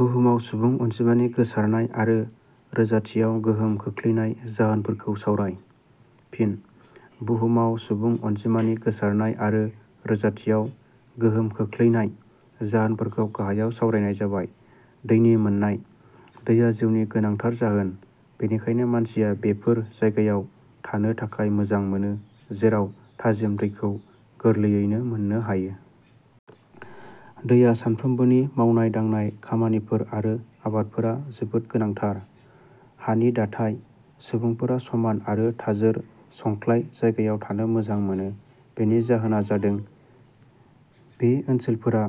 बुहुमाव सुबुं अनजिमानि गोसारनाय आरो रोजाथियाव गोहोम खोख्लैनाय जाहोनफोरखौ सावराय। फिन: बुहुमआव सुबुं अनजिमानि गोसारनाय आरो रोजाथियाव गोहोम खोख्लैनाय जाहोनफोरखौ गाहायाव सावरायनाय जाबाय। दैनि मोननाय: दैआ जिउनि गोनांथार जाहोन। बेनिखायनो मानसिया बेफोर जायगायाव थानो थाखाय मोजां मोनो, जेराव थाजिम दैखौ गोरलैयैनो मोननो हायो। दैआ सानफ्रोमबोनि मावनाय-दांनाय खामानिफोर आरो आबादफोरआ जोबोद गोनांथार। हानि दाथाइ: सुबुंफोरा समान आरो थाजोर संख्लाय जायगायाव थानो मोजां मोनो। बेनि जाहोना जादों- बे ओनसोलफोरा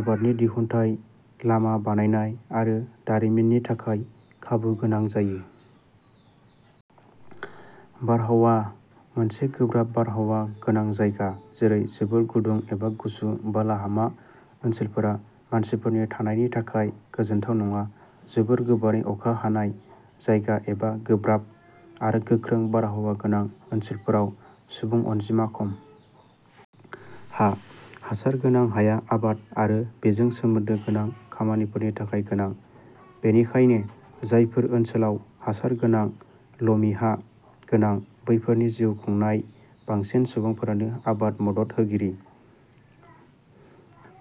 आबादनि दिहुनथाइ, लामा बानायनाय आरो दारिमिननि थाखाय खाबु गोनां जायो। बारहावा: मोनसे गोब्राब बारहावा गोनां जायगा, जेरै- जोबोद गुदुं एबा गुसु, बालाहामा ओनसोलफोरा मानसिफोरनि थानायनि थाखाय गोजोनथाव नङा। जोबोर गोबारै अखा हानाय जायगा एबा गोब्राब आरो गोखों बारहावा गोनां ओनसोलाव सुबुं अनजिमा खम। हा: हासार गोनां हाया आबाद आरो बेजों सोमोन्दो गोनां खामानिफोरनि थाखाय गोनां। बेनिखायनो जायफोर ओनसोलाव हासार गोनां लमिहा गोनां बैफोरनि जिउ खुंनाय बांसिन सुबुंफोरानो आबाद मदद होगिरि।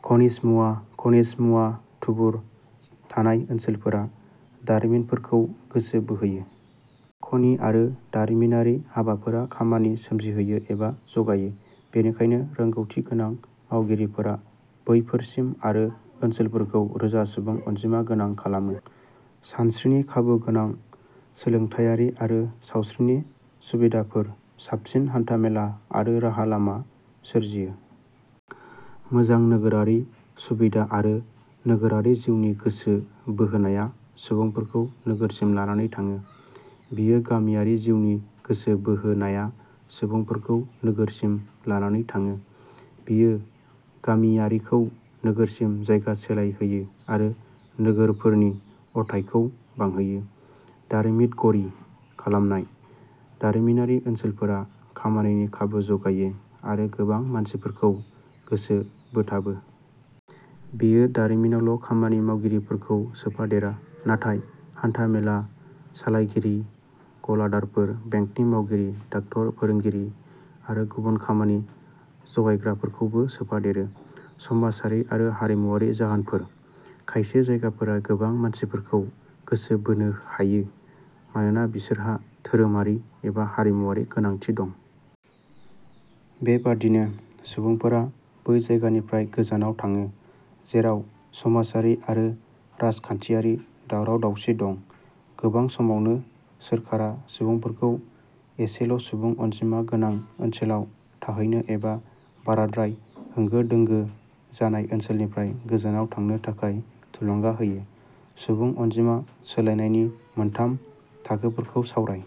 खनिज मुवा: खनिज मुवा थुबुर थानाय ओनसोलफोरा दारिमिनफोरखौ गोसो बोहोयो। खनि आरो दारिमिनारि हाबाफोरा खामानि सोमजिहोयो एबा जगायो। बेनिखायनो, रोंगौथि गोनां मावगिरिफोरा बैफोरसिम आरो ओनसोलफोरखौ रोजा सुबुं अनजिमा गोनां खालामो। सानस्रिनि खाबु गोनां, सोलोंथाइयारि आरो सावस्रिनि सुबिदाफोर, साबसिन हान्थामेला आरो राहा लामा सोरजियो। मोजां नोगोरारि सुबिदा आरो नोगोरारि जिउनि गोसो बोहोनाया सुबुंफोरखौ नोगोरसिम लानानै थाङो। बियो गामियारि जिउनि गोसो बोहोनाया सुबुंफोरखौ नोगोरसिम लानानै थाङो। बियो गामियारिखौ नोगोरसिम जायगा सोलाय होयो आरो नोगोरफोरनि अरथाइखौ बांहोयो। दारिमितगरि खालामनाय: दारिमिनारि ओनसोलफोरा खामानिनि खाबु जगायो आरो गोबां मानसिफोरखौ गोसो बोथाबो। बेयो दारिमिनावल' खामानि मावगिरि फोरखौ सोफादेरा नाथाय हान्थां मेला सालायगिरि, गलादारफोर, बेंकनि मावगिरि, डाक्टर, फोरोंगिरि आरो गुबुन खामानि जगायग्राफोरखौबो सोफादेरो। समाजारि आरो हारिमुआरि जाहोनफोर: खायसे जायगाफोरा गोबां मानसिफोरखौ गोसो बोनो हायो, मानोना बिसोरहा धोरोमारि एबा हारिमुआरि गोनांथि दं। बे बादिनो सुबुंफोरा बै जायगानिफ्राय गोजानाव थाङो, जेराव समाजारि आरो राजखान्थिआरि दावराव दावसि दं। गोबां समावनो सोरखारा सुबुंफोरखौ ऐसल' सुबुं अनजिमा गोनां ओनसोलाव थाहैनो एबा बाराद्राय होंगो-दोंगो जानाय ओनसोलनिफ्राय गोजानाव थांनो थाखाय थुलुंगा होयो।. सुबुं अनजिमा सोलायनायनि मोनथाम थाखोफोरखौ सावराय।